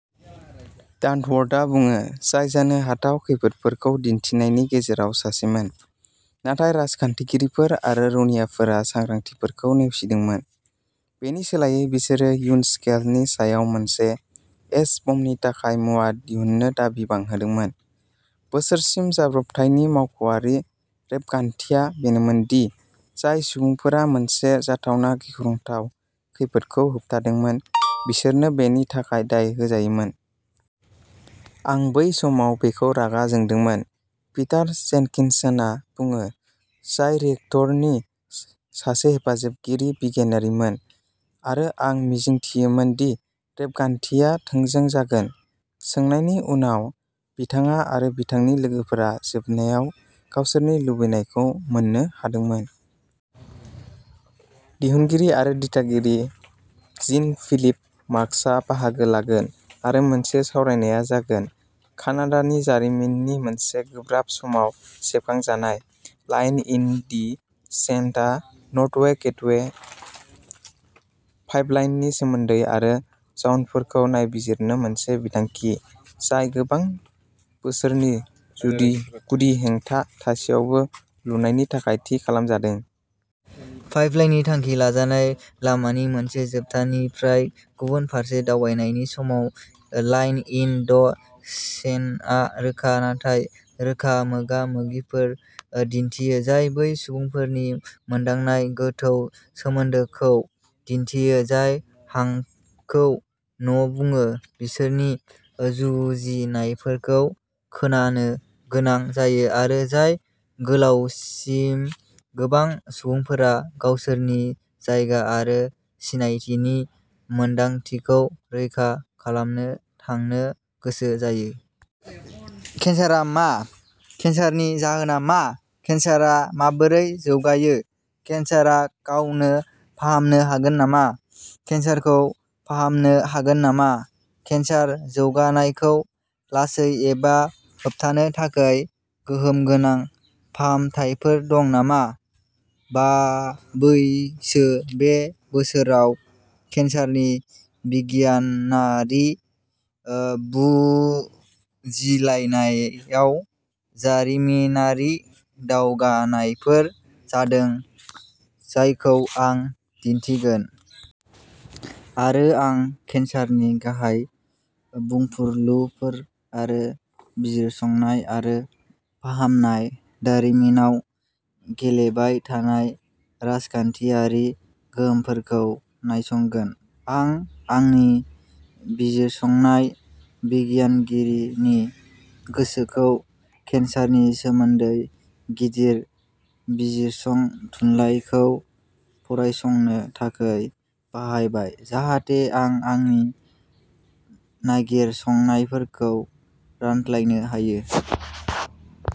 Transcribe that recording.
डानवर्थआ बुङो, जाय जानो हाथाव खैफोदफोरखौ दिन्थिनायनि गेजेराव सासेमोन। नाथाय राजखान्थिगिरिफोर आरो रौनियाफोरा सांग्रांथिफोरखौ नेवसिदोंमोन; बेनि सोलायै बिसोरो उइन्डस्केलनि सायाव मोनसे एच-बमनि थाखाय मुवा दिहुननो दाबि बांहोदोंमोन। बोसोरसिम, जाब्रबथायनि मावख'आरि रेबगान्थिया बेनोमोन दि जाय सुबुंफोरा मोनसे जाथावना गिख्रंथाव खैफोदखौ होबथादोंमोन बिसोरनो बेनि थाखाय दाय होजायोमोन। "आं बै समाव बेखौ रागा जोंदोंमोन", पिटार जेनकिन्सनआ बुङो, जाय रिएक्टरनि सासे हेफाजाबारि बिगियानगिरिमोन, "आरो आं मिजिंथियोमोन दि रेबगान्थिया थोंजों जागोन। " सोंनायनि उनाव, बिथाङा आरो बिथांनि लोगोफोरा जोबनायाव गावसोरनि लुबैनायखौ मोन्नो हादोंमोन। दिहुनगिरि आरो दिथागिरि जीन-फिलिप मार्किसआ बाहागो लागोन आरो मोनसे सावरायनाया जागोन। कानाडानि जारिमिननि मोनसे गोब्राब समाव सेबखांजानाय, line in the सेन्डआ northern gateway पाइपलाइननि सोमोन्दो आरो जाउनफोरखौ नायबिजिरो-मोनसे बिथांखि जाय गोबां बोसोरनि जुदि गुदि हेंथा थासेयावबो लुनायनि थाखाय थि खालामजादों। पाइपलाइननि थांखि लाजानाय लामानि मोनसे जोबथानिफ्राय गुबुन फारसे दावबायनायनि समाव, लाइन इन द सेन्डआ रोखा नाथाय रोखा मोगा-मोगिफोर दिन्थियो, जाय बै सुबुंफोरनि मोनदांनाय गोथौ सोमोन्दोखौ दिन्थियो, जाय हाखौ न'बुङो, बिसोरनि जुजिनायफोरखौ खोनानो गोनां जायो, आरो जाय गोलावसिम गोबां सुबुंफोरा गावसोरनि जायगा आरो सिनायथिनि मोनदांथिखौ रैखा खालामनो थांनो गोसो जायो। केन्सारआ मा? केन्सारनि जाहोना मा? केन्सारआ माबोरै जौगायो? केन्सारआ गावनो फाहामनो हागोन नामा? केन्सारखौ फाहामनो हागोन नामा? केन्सार जौगानायखौ लासै एबा होबथानो थाखाय गोहोम गोनां फाहामथायफोर दं नामा? बावैसो बे बोसोराव केन्सारनि बिगियानारि ओ बुजिलायनायाव जारिमिनारि दावगानायफोर जादों, जायखौ आं दिन्थिगोन। आरो आं केन्सारनि गाहाय बुंफुरलुफोर आरो बिजिरसंनाय आरो फाहामनाय दारिमिनाव गेलेबाय थानाय राजखान्थियारि गोहोफोरखौ नायसंगोन। आं आंनि बिजिरसंनाय बिगियानगिरिनि गोसोखौ केन्सारनि सोमोन्दै गिदिर बिजिरसं थुनलाइखौ फरायसंनो थाखाय बाहायबाय, जाहाथे आं आंनि नागिरसंनायफोरखौ रानलायनो हायो।